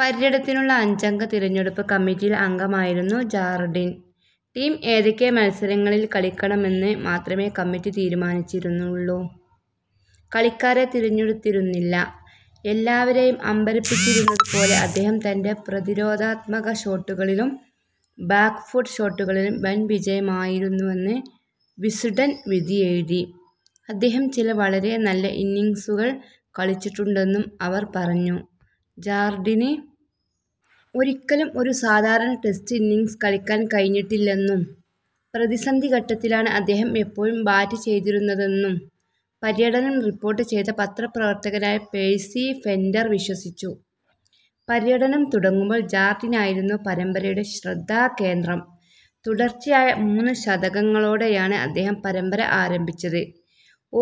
പര്യടനത്തിനുള്ള അഞ്ചംഗ തിരഞ്ഞെടുപ്പ് കമ്മിറ്റിയിൽ അംഗമായിരുന്നു ജാർഡിൻ. ടീം ഏതൊക്കെ മത്സരങ്ങളിൽ കളിക്കണമെന്ന് മാത്രമേ കമ്മിറ്റി തീരുമാനിച്ചിരുന്നുള്ളൂ, കളിക്കാരെ തിരഞ്ഞെടുത്തിരുന്നില്ല. എല്ലാവരേയും അമ്പരപ്പിച്ചിരുന്നതു പോലെ അദ്ദേഹം തൻ്റെ പ്രതിരോധാത്മക ഷോട്ടുകളിലും ബാക്ക് ഫുട്ട് ഷോട്ടുകളിലും വൻവിജയമായിരുന്നുവെന്ന് വിസ്ഡൺ വിധിയെഴുതി. അദ്ദേഹം ചില വളരെ നല്ല ഇന്നിംഗ്സുകൾ കളിച്ചിട്ടുണ്ടെന്നും അവർ പറഞ്ഞു. ജാർഡിന് ഒരിക്കലും ഒരു സാധാരണ ടെസ്റ്റ് ഇന്നിംഗ്സ് കളിക്കാൻ കഴിഞ്ഞിട്ടില്ലെന്നും, പ്രതിസന്ധി ഘട്ടത്തിലാണ് അദ്ദേഹം എപ്പോഴും ബാറ്റ് ചെയ്തിരുന്നതെന്നും, പര്യടനം റിപ്പോർട്ട് ചെയ്ത പത്രപ്രവർത്തകനായ പേഴ്സി ഫെൻഡർ വിശ്വസിച്ചു. പര്യടനം തുടങ്ങുമ്പോൾ ജാർഡിനായിരുന്നു പരമ്പരയുടെ ശ്രദ്ധാകേന്ദ്രം. തുടർച്ചയായ മൂന്ന് ശതകങ്ങളോടെയാണ് അദ്ദേഹം പരമ്പര ആരംഭിച്ചത്.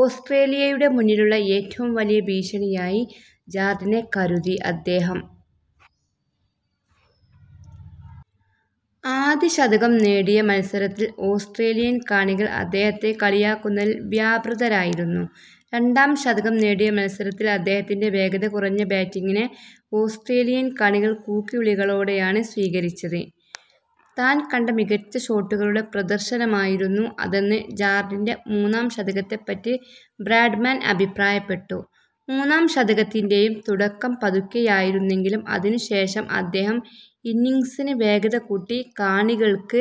ഓസ്ട്രേലിയയുടെ മുന്നിലുള്ള ഏറ്റവും വലിയ ഭീഷണിയായി ജാർഡിനെ കരുതി. അദ്ദേഹം ആദ്യ ശതകം നേടിയ മത്സരത്തിൽ ഓസ്ട്രേലിയൻ കാണികൾ അദ്ദേഹത്തെ കളിയാക്കുന്നൽ വ്യാപൃതരായിരുന്നു. രണ്ടാം ശതകം നേടിയ മത്സരത്തിൽ അദ്ദേഹത്തിൻ്റെ വേഗത കുറഞ്ഞ ബാറ്റിംഗിനെ ഓസ്ട്രേലിയൻ കണികൾ കൂക്കിവിളികളോടെയാണ് സ്വീകരിച്ചത്. താൻ കണ്ട മികച്ച ഷോട്ടുകളുടെ പ്രദർശനമായിരുന്നു അതെന്ന് ജാർഡിൻ്റെ മൂന്നാം ശതകത്തെപ്പറ്റി ബ്രാഡ്മാൻ അഭിപ്രായപ്പെട്ടു. മൂന്നാം ശതകത്തിൻ്റെ യും തുടക്കം പതുക്കെയായിരുന്നെങ്കിലും, അതിനുശേഷം അദ്ദേഹം ഇന്നിംഗ്സിന് വേഗത കൂട്ടി. കാണികൾക്ക്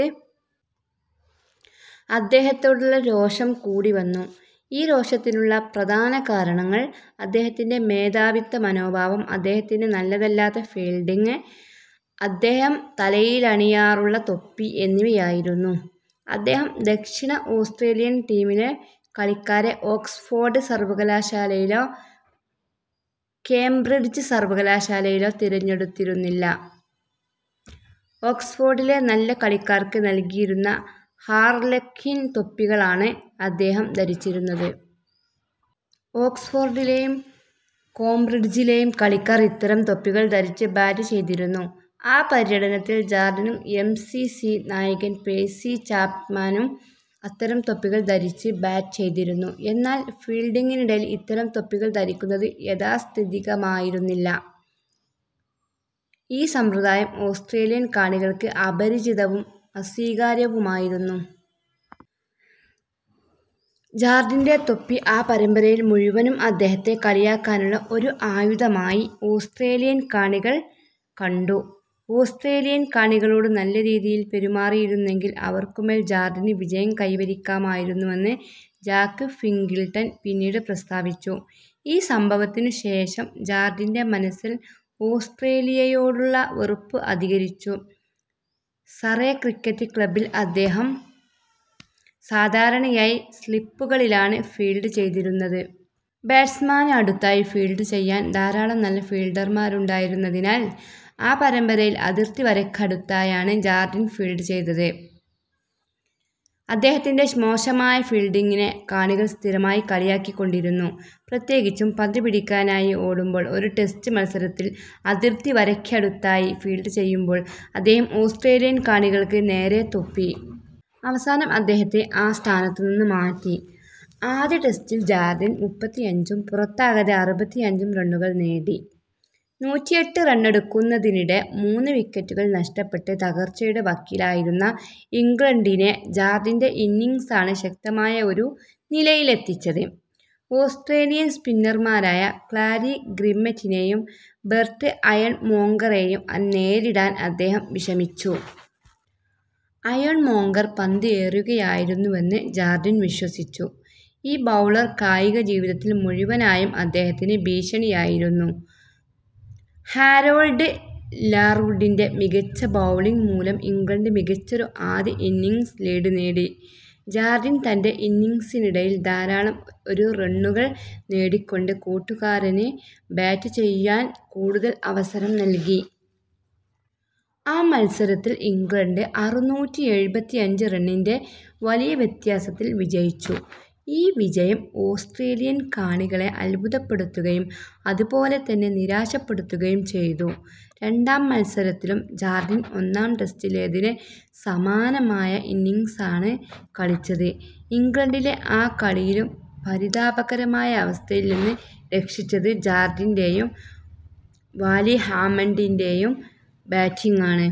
അദ്ദേഹത്തോടുള്ള രോഷം കൂടി വന്നു. ഈ രോഷത്തിനുള്ള പ്രധാന കാരണങ്ങൾ അദ്ദേഹത്തിൻ്റെ മേധാവിത്വ മനോഭാവം, അദ്ദേഹത്തിൻ്റെ നല്ലതല്ലാത്ത ഫീൽഡിംഗ്, അദ്ദേഹം തലയിലണിയാറുള്ള തൊപ്പി എന്നിവയായിരുന്നു. അദ്ദേഹം ദക്ഷിണ ഓസ്ട്രേലിയൻ ടീമിലെ കളിക്കാരെ ഓക്സ്ഫോർഡ് സർവകലാശാലയിലോ കേംബ്രിഡ്ജ് സർവകലാശാലയിലോ തിരഞ്ഞെടുത്തിരുന്നില്ല. ഓക്സ്ഫോർഡിലെ നല്ല കളിക്കാർക്ക് നൽകിയിരുന്ന ഹാർലെക്വിൻ തൊപ്പികളാണ് അദ്ദേഹം ധരിച്ചിരുന്നത്. ഓക്സ്ഫോർഡിലെയും കേംബ്രിഡ്ജിലെയും കളിക്കാർ ഇത്തരം തൊപ്പികൾ ധരിച്ച് ബാറ്റ് ചെയ്തിരുന്നു.ആ പര്യടനത്തിൽ ജാർഡിനും എം സി സി നായകൻ പേഴ്സി ചാപ്മാനും അത്തരം തൊപ്പികൾ ധരിച്ച് ബാറ്റ് ചെയ്തിരുന്നു. എന്നാൽ ഫീൽഡിംഗിനിടയിൽ ഇത്തരം തൊപ്പികൾ ധരിക്കുന്നത് യാഥാസ്ഥിതികമായിരുന്നില്ല. ഈ സമ്പ്രദായം ഓസ്ട്രേലിയൻ കാണികൾക്ക് അപരിചിതവും അസ്വീകാര്യവുമായിരുന്നു. ജാർഡിൻ്റെ തൊപ്പി ആ പരമ്പരയിൽ മുഴുവനും അദ്ദേഹത്തെ കളിയാക്കാനുള്ള ഒരു ആയുധമായി ഓസ്ട്രേലിയൻ കാണികൾ കണ്ടു. ഓസ്ട്രേലിയൻ കാണികളോട് നല്ല രീതിയിൽ പെരുമാറിയിരുന്നെങ്കിൽ അവർക്കുമേൽ ജാർഡിന് വിജയം കൈവരിക്കാമായിരുന്നുവെന്ന് ജാക്ക് ഫിംഗിൾട്ടൺ പിന്നീട് പ്രസ്താവിച്ചു. ഈ സംഭവത്തിനുശേഷം ജാർഡിൻ്റെ മനസ്സിൽ ഓസ്ട്രേലിയയോടുള്ള വെറുപ്പ് അധികരിച്ചു. സറേ ക്രിക്കറ്റ് ക്ലബ്ബിൽ അദ്ദേഹം സാധാരണയായി സ്ലിപ്പുകളിലാണ് ഫീൽഡ് ചെയ്തിരുന്നത്. ബാറ്റ്സ്മാന് അടുത്തായി ഫീൽഡ് ചെയ്യാൻ ധാരാളം നല്ല ഫീൽഡർമാരുണ്ടായിരുന്നതിനാൽ, ആ പരമ്പരയിൽ അതിർത്തിവരക്കടുത്തായാണ് ജാർഡിൻ ഫീൽഡ് ചെയ്തത്. അദ്ദേഹത്തിൻ്റെ മോശമായ ഫീൽഡിംഗിനെ കാണികൾ സ്ഥിരമായി കളിയാക്കിക്കൊണ്ടിരുന്നു, പ്രത്യേകിച്ചും പന്ത് പിടിക്കാനായി ഓടുമ്പോൾ. ഒരു ടെസ്റ്റ് മത്സരത്തിൽ അതിർത്തിവരക്കടുത്തായി ഫീൽഡ് ചെയ്യുമ്പോൾ അദ്ദേഹം ഓസ്ട്രേലിയൻ കാണികൾക്ക് നേരെ തുപ്പി. അവസാനം അദ്ദേഹത്തെ ആ സ്ഥാനത്തുനിന്ന് മാറ്റി.ആദ്യ ടെസ്റ്റിൽ ജാർഡിൻ മുപ്പത്തിയഞ്ചും പുറത്താകാതെ അറുപത്തിയഞ്ചും റണ്ണുകൾ നേടി. നൂറ്റിയെട്ട് റണ്ണെടുക്കുന്നതിനിടെ മൂന്ന് വിക്കറ്റുകൾ നഷ്ടപ്പെട്ട് തകർച്ചയുടെ വക്കിലായിരുന്ന ഇംഗ്ലണ്ടിനെ ജാർഡിൻ്റെ ഇന്നിംഗ്സാണ് ശക്തമായ ഒരു നിലയിലെത്തിച്ചത്. ഓസ്ട്രേലിയൻ സ്പിന്നർമാരായ ക്ലാരി ഗ്രിമ്മെറ്റിനെയും ബെർട്ട് അയേൺമോംഗറെയും നേരിടാൻ അദ്ദേഹം വിഷമിച്ചു. അയേൺമോംഗർ പന്ത് എറിയുകയായിരുന്നുവെന്ന് ജാർഡിൻ വിശ്വസിച്ചു. ഈ ബൗളർ കായികജീവിതത്തിൽ മുഴുവനായും അദ്ദേഹത്തിന് ഭീഷണിയായിരുന്നു. ഹാരോൾഡ് ലാർവുഡിൻ്റെ മികച്ച ബൗളിംഗ് മൂലം ഇംഗ്ലണ്ട് മികച്ചൊരു ആദ്യ ഇന്നിംഗ്സ് ലീഡ് നേടി. ജാർഡിൻ തൻ്റെ ഇന്നിംഗ്സിനിടയിൽ ധാരാളം ഒരു റണ്ണുകൾ നേടിക്കൊണ്ട് കൂട്ടുകാരന് ബാറ്റ് ചെയ്യാൻ കൂടുതൽ അവസരം നൽകി. ആ മത്സരത്തിൽ ഇംഗ്ലണ്ട് അറുനൂറ്റി എഴുപത്തിയഞ്ച് റണ്ണിൻ്റെ വലിയ വ്യത്യാസത്തിൽ വിജയിച്ചു. ഈ വിജയം ഓസ്ട്രേലിയൻ കാണികളെ അത്ഭുതപ്പെടുത്തുകയും അതുപോലെ തന്നെ നിരാശപ്പെടുത്തുകയും ചെയ്തു.രണ്ടാം മത്സരത്തിലും ജാർഡിൻ ഒന്നാം ടെസ്റ്റിലേതിലെ സമാനമായ ഇന്നിംഗ്സാണ് കളിച്ചത്. ഇംഗ്ലണ്ടിനെ ആ കളിയിലും പരിതാപകരമായ അവസ്ഥയിൽനിന്ന് രക്ഷിച്ചത് ജാർഡിൻ്റെ യും വാലി ഹാമണ്ടിൻ്റെ യും ബാറ്റിംഗാണ്.